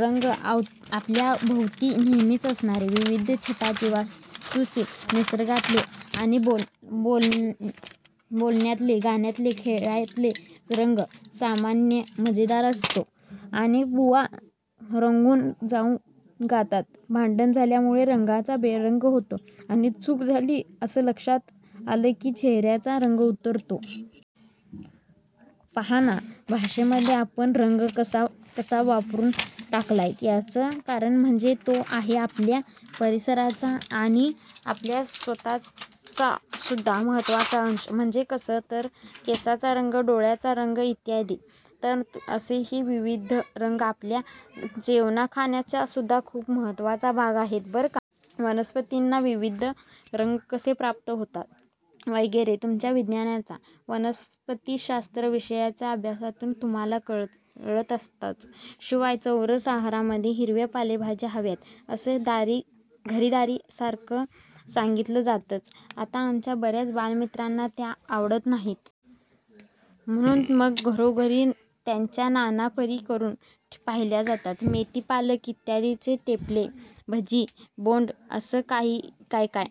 रंग! आपल्या भोवती नेहमीच असणारे. विविध छटांचे, वस्तूंचे, निसर्गातले आणि बोलण्यातले-गाण्यातले-खेळातले रंग! सामान्य मजेदार असतो आणि बुवा रंगून जाऊन गातात. भांडण झाल्यामुळे रंगांचा बेरंग होतो आणि 'चूक झाली' असं लक्षात आलं की चेहऱ्याचा रंग उतरतो. पाहा ना! भाषेमध्ये आपण रंग कसा कसा वापरून टाकलाय. याचं कारण म्हणजे तो आहे आपल्या परिसराचा आणि आपल्या स्वतःचा सुद्धा महत्त्वाचा अंश! म्हणजे कसा, तर केसांचा रंग, डोळ्यांचा रंग इत्यादी. तर असे हे विविध रंग आपल्या जेवणा-खाण्याचासुद्धा खूप महत्त्वाचा भाग आहेत बरं का! वनस्पतींना विविध रंग कसे प्राप्त होतात वगैरे तुमच्या विज्ञानाच्या, वनस्पतीशास्त्र विषयाच्या अभ्यासातून तुम्हांला कळत असतंच. शिवाय चौरस आहारामध्ये 'हिरव्या पालेभाज्या' हव्यात असं दारी घरी-दारी सारखं सांगितलं जातंच. आता आमच्या बऱ्याच बालमित्रांना त्या आवडत नाहीत. म्हणून मग घरोघरी त्यांच्या नाना परी करून पाहिल्या जातात. मेथी-पालक इत्यादींचे ठेपले, भजी, बोंडं असं काही काय काय!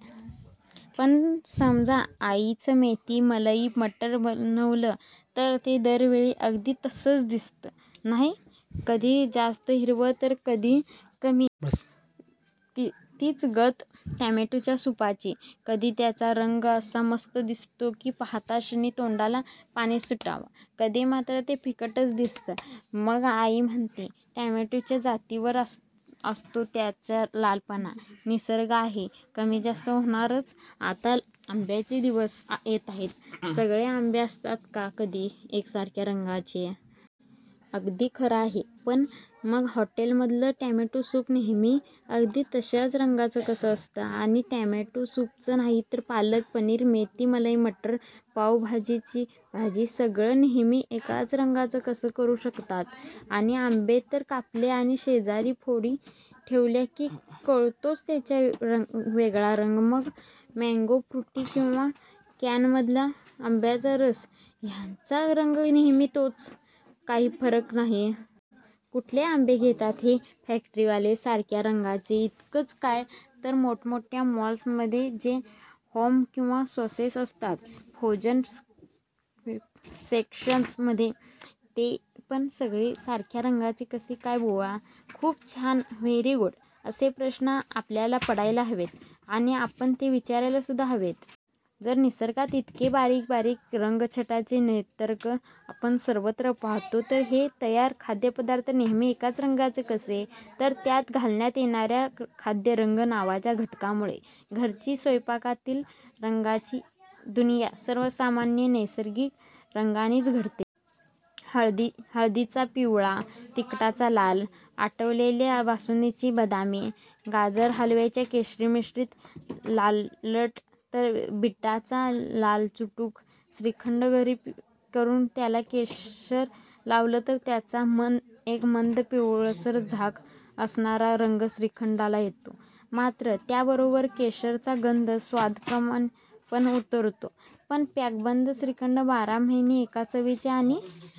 पण समजा आईचं मेथी-मलई-मटर बनवलं तर ते दरवेळी अगदी तस्सच दिसत नाही. कधी जास्त हिरवं तर कधी कमी. तीच गत टोमॅटोच्या सुपाची. कधी त्याचा रंग असा मस्त दिसतो की पाहताक्षणी तोंडाला पाणी सुटावं. कधी मात्र ते फिकट दिसतं, मग आई म्हणते, 'टोमॅटोच्या जातीवर असतो त्याचा लालपणा. निसर्ग आहे, कमी-जास्त होणारच'!आता आंब्याचे दिवस येताहेत, सगळे आंबे असतात का कधी एकसारख्या रंगाचे? अगदी खरं आहे. पण मग हॉटेलमधलं टोमॅटो सूप नेहमी अगदी तशाच रंगाचं कसं असतं? आणि टोमॅटो सूपच नाही, तर पालक-पनीर, मेथी-मलई-मटर, पावभाजीची भाजी सगळं नेहमी एकाच रंगाचं कसं करू शकतात? आणि आंबे तर कापले आणि शेजारी फोडी ठेवल्या की कळतोच त्यांचा वेगळा रंग, मग मँगो फ्रुटी किंवा कॅनमधला आंब्याचा रस ह्यांचा रंग नेहमी तोच, काही फरक नाही. कुठले आंबे घेतात हे फॅक्टरीवाले, सारख्या रंगाचे? इतकंच काय, तर मोठ मोठ्या मॉल्समध्ये जे होम किंवा सॉसेस असतात, फ्रोजन सेक्शनमध्ये ते पण सगळे सारख्या रंगाचे कसे काय बुवा? खूप छान, व्हेरी गुड! असे प्रश्न आपल्याला पडायला हवेत आणि आपण ते विचारायलासुद्धा हवेत. जर निसर्गात इतके बारीक बारीक रंगछटांचे नेतर्क आपण सर्वत्र पाहतो तर हे तयार खाद्यपदार्थ नेहमी एकाच रंगाचे कसे, तर त्यात घालण्यात येणाऱ्या खाद्यरंग नावाच्या घटकामुळे. घरची, स्वयंपाकातील रंगाची दुनिया सर्वसामान्य नैसर्गिक रंगांनीच घडते. हळदीचा पिवळा, तिखटाचा लाल, आटवलेल्या बासुंदीची बदामी, गाजर हलव्याचे केशरीमिश्रित लालट तर बीटाचा लालचुटुक. श्रीखंड घरी करून त्याला केशर लावलं तर त्याचा मं एक मंद पिवळसर झाक असणारा रंग श्रीखंडाला येतो. मात्र त्याबरोबर केशराचा गंध, स्वादपण उतरतो. पण पॅकबंद श्रीखंड बारा महिने एका चवीचे आणि